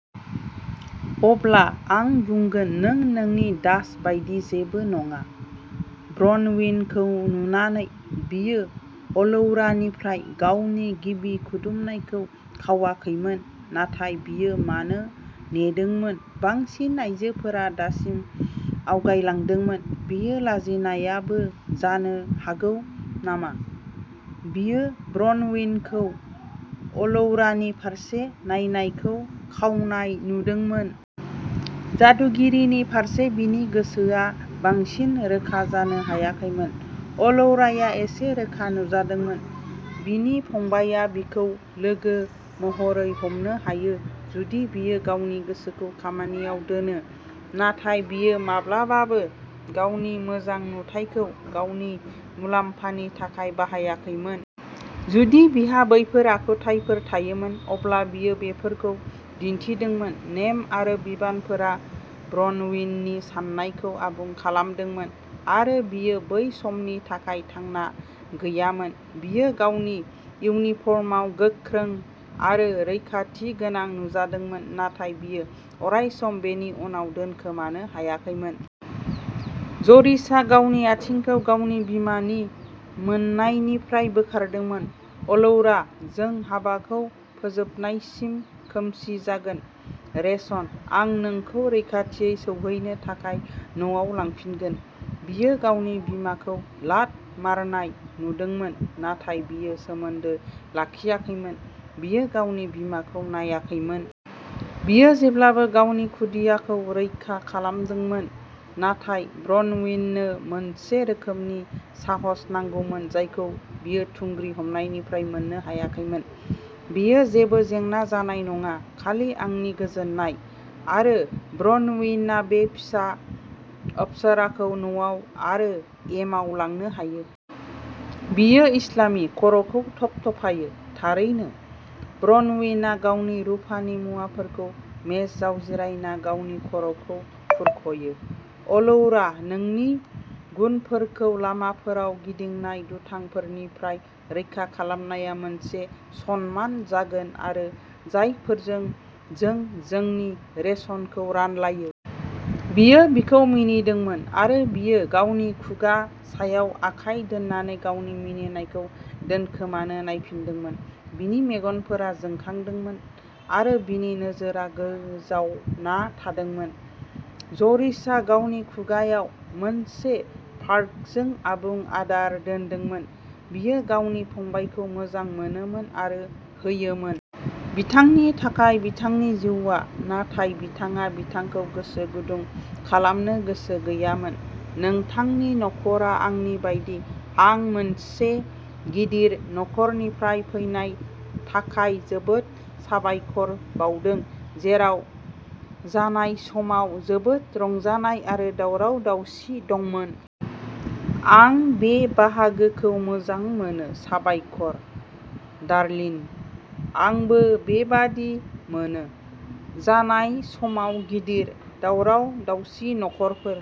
"अब्ला आं बुंगोन नों नोंनि दास बायदि जेबो नङा। " ब्रनविनखौ नुनानै, बियो अलौरानिफ्राय गावनि गिबि खुदुमनायखौ खावाखैमोन। नाथाय बियो मानो नेदोंमोन; बांसिन आइजोफोरा दासिम आवगायलांदोंमोन। बेयो लाजिनायाबो जानो हागौ नामा? बियो ब्रनविनखौ अलौरानि फारसे नायनायखौ खावनाय नुदोंमोन। जादुगिरिनि फारसे बिनि गोसोआ बांसिन रोखा जानो हायाखैमोन। अलौराया एसे रोखा नुजादोंमोन। बिनि फंबायआ बिखौ लोगो महरै हमनो हायो जुदि बियो गावनि गोसोखौ खामानियाव दोनो, नाथाय बियो माब्लाबाबो गावनि मोजां नुथायखौ गावनि मुलाम्फानि थाखाय बाहायाखैमोन। जुदि बिहा बैफोर आखुथायफोर थायोमोन, अब्ला बियो बेफोरखौ दिन्थिदोंमोन। नेम आरो बिबानफोरा ब्रनविननि साननायखौ आबुं खालामदोंमोन, आरो बियो बै समनि थाखाय थांना गैयामोन। बियो गावनि इउनिफर्मआव गोख्रों आरो रैखाथिगोनां नुजादोंमोन, नाथाय बियो अरायसम बेनि उनाव दोनखोमानो हायाखैमोन। ज'रिसआ गावनि आथिंखौ गावनि बिमानि मोननायनिफ्राय बोखारदोंमोन। "अलौरा, जों हाबाखौ फोजोबनायसिम खोमसि जागोन। रेशन। आं नोंखौ रैखाथियै सौहैनो थाखाय न'आव लांफिनगोन। "बियो गावनि बिमाखौ लात मारनाय नुदोंमोन, नाथाय बियो सोमोन्दो लाखियाखैमोन। बियो गावनि बिमाखौ नायाखैमोन। बियो जेब्लाबो गावनि खुदियाखौ रैखा खालामदोंमोन, नाथाय ब्रनविननो मोनसे रोखोमनि साहस नांगौमोन जायखौ बियो थुंग्रि हमनायनिफ्राय मोननो हायाखैमोन। " बेयो जेबो जेंना जानाय नङा, खालि आंनि गोजोननाय। आरो ब्रनविनआ बे फिसा अप्सराखौ न'आव आरो एमाव लांनो हायो। "बियो इस्लानि खर'खौ थपथपायो। " थारैनो। "ब्रनविनआ गावनि रुफानि मुवाफोरखौ मेजआव जिरायना गावनि खर'खौ खुरख'यो। " अलौरा, नोंनि गुनफोरखौ लामाफोराव गिदिंनाय दुथांफोरनिफ्राय रैखा खालामनाया मोनसे सनमान जागोन आरो जायफोरजों जों जोंनि रेशनखौ रानलायो। "बियो बिखौ मिनिदोंमोन, आरो बियो गावनि खुगा सायाव आखाय दोननानै गावनि मिनिनायखौ दोनखोमानो नायफिनदोंमोन। बिनि मेगनफोरा जोंखांदोंमोन, आरो बिनि नोजोरआ गोजावना थादोंमोन। ज'रिसआ गावनि खुगाआव मोनसे फार्कजों आबुं आदार दोनदोंमोन। बियो गावनि फंबायखौ मोजां मोनोमोन आरो होयोमोन। बिथांनि थाखाय बिथांनि जिउआ, नाथाय बिथाङा बिथांखौ गोसो गुदुं खालामनो गोसो गैयामोन। नोंथांनि नख'रा आंनि बायदि। आं मोनसे गिदिर नख'रनिफ्राय फैनाय थाखाय जोबोद साबायखर बावदों, जेराव जानाय समाव जोबोद रंजानाय आरो दावराव-दावसि दंमोन। आं बे बाहागोखौ मोजां मोनो! साबायखर, डार्लिन। आंबो बेबादि मोनोः जानाय समाव गिदिर, दावराव-दावसि नखरफोर।